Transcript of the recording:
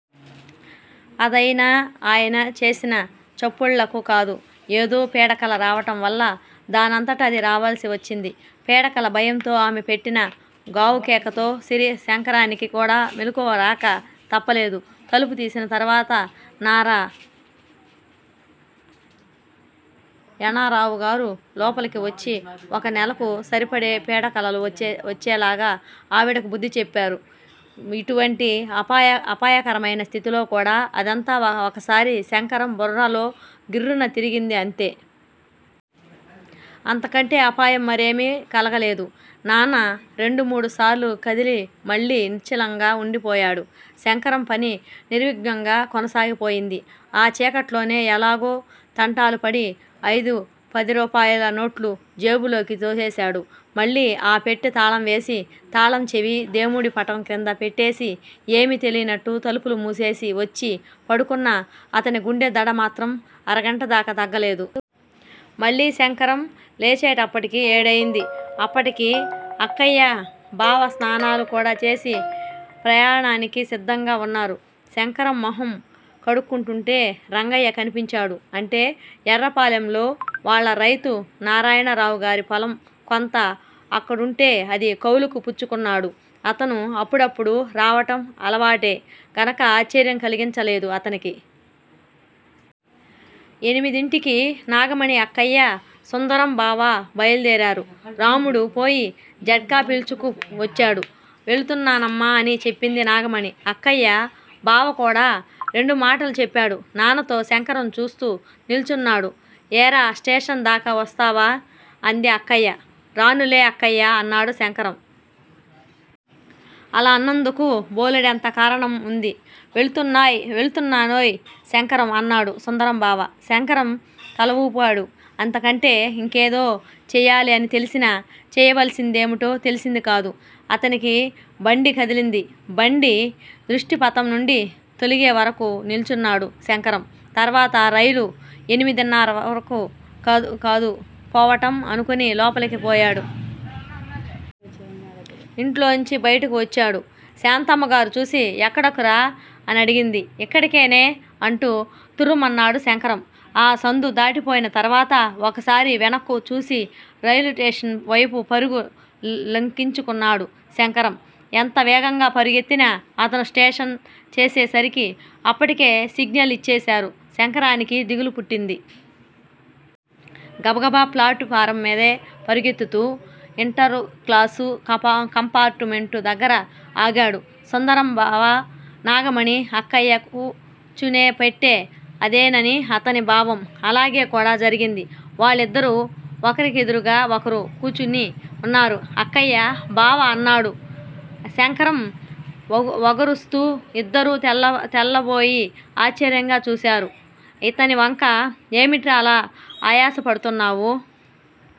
అదయినా ఆయన చేసిన చప్పుళ్ళకు కాదు. ఏదో పీడకల రావటంవల్ల దానంతట అది రావాల్సివచ్చింది. పీడకల భయంతో ఆమెపెట్టిన గావుకేకతో శంకరానికి కూడా మెలకువ రాక తప్పలేదు. తలుపు తీసిన తర్వాత నారాయణరావుగారు లోపలికివచ్చి ఒక నెలకు సరిపడే పీడకలలు వచ్చేలాగా ఆవిడకు బుద్దిచెప్పారు. ఇటువంటి అపాయకరమైన స్థితిలో కూడా అదంతా ఒకసారి శంకరం బుర్రలో గిర్రున తిరిగింది అంతే. అంతకంటే అపాయం మరేమీ కలగలేదు. నాన్న రెండు మూడుసార్లు కదిలి మళ్ళీ నిశ్చలంగా వుండిపోయాడు. శంకరం పని నిర్విఘ్నంగా కొనసాగిపోయింది. ఆ చీకట్లోనే ఎలాగో తంటాలుపడి ఐదు పదిరూపాయలనోట్లు జేబులోకి తోసేశాడు. మళ్ళీ ఆ పెట్టె తాళంవేసి, తాళంచెవి దేముడి పటం క్రింద పెట్టేసి ఏమీ తెలియనట్లు తలుపులు మూసేసి వచ్చి పడుకున్నా అతని గుండెదడమాత్రం అరగంటదాకా తగ్గలేదు. మళ్ళీ శంకరం లేచేటప్పటికి ఏడైంది. అప్పటికి అక్కయ్యా, బావా స్నానాలు కూడా చేసేసి ప్రయాణానికి సిద్దంగా వున్నారు. శంకరం మొహం కడుక్కుంటుంటే రంగయ్య కనిపించాడు. అంటే ఎర్రపాలెంలో వాళ్ళ రైతు. నారాయణరావుగారి పొలం కొంత అక్కడుంటే అది కౌలుకు పుచ్చుకున్నాడు. అతను అప్పుడప్పుడూ రావటం అలవాటే గనక ఆశ్చర్యం కలిగించలేదు అతనికి. ఎనిమిదింటికి నాగమణి అక్కయ్యా, సుందరం బావా బయల్దేరారు. రాముడు పోయి జట్కా పిల్చుకు వచ్చాడు. వెళ్తున్నానమ్మా అని చెప్పింది నాగమణి అక్కయ్య. బావకూడా రెండుమాటలు చెప్పాడు నాన్నతో శంకరం చూస్తూ నిల్చున్నాడు. ఏరా స్టేషన్ దాకా వస్తావా? అంది అక్కయ్య. రానులే అక్కయ్యా! అన్నాడు శంకరం. అలా అన్నందుకు బోలెడంత కారణంవుంది. వెళ్తున్నానోయ్ శంకరం! అన్నాడు సుందరం బావ. శంకరం తలవూపాడు. అంతకంటే ఇంకేదో చెయ్యాలి అని తెలిసినా చెయ్యవలసిందేమిటో తెలిసింది కాదు అతనికి బండి కదిలింది. బండి దృష్టిపథంనుండి తొలిగేవరకూ నిల్చున్నాడు శంకరం. తర్వాత రైలు ఎనిమిదిన్నరకు కదూ పోవటం అనుకుని లోపలికి పోయాడు. ఇంట్లోంచి బయటకు వచ్చాడు. శాంతమ్మగారు చూసి ఎక్కడకురా? అనడిగింది. ఇక్కడికేనే అంటూ తుర్రుమన్నాడు శంకరం. ఆ సందు దాటిపోయిన తర్వాత ఒకసారి వెనక్కు చూసి రైలుస్టేషన్ వైపు పరుగు లంకించుకున్నాడు. శంకరం ఎంత వేగంగా పరుగెత్తినా అతను స్టేషన్ చేసేసరికి అప్పటికే సిగ్నలు యిచ్చేశారు. శంకరానికి దిగులుపుట్టింది. గబగబ ఫ్లాటుఫారం మీదే పరుగెత్తుతూ యింటరుక్లాసు కంపార్టుమెంటుదగ్గర ఆగాడు. సుందరంబావ, నాగమణి అక్కయ్య కూచునే పెట్టె అదేనని అతని భావం. అలాగేకూడా జరిగింది. వాళ్ళిద్దరూ ఒకరికెదురుగా ఒకరు కూచుని వున్నారు. అక్కయ్యా! బావా! అన్నాడు శంకరం వగరుస్తూ ఇద్దరూ తెల్లబోయి ఆశ్చర్యంగా చూశారు యితనివంక. ఏమిట్రా అలా ఆయాసపడుతున్నావు?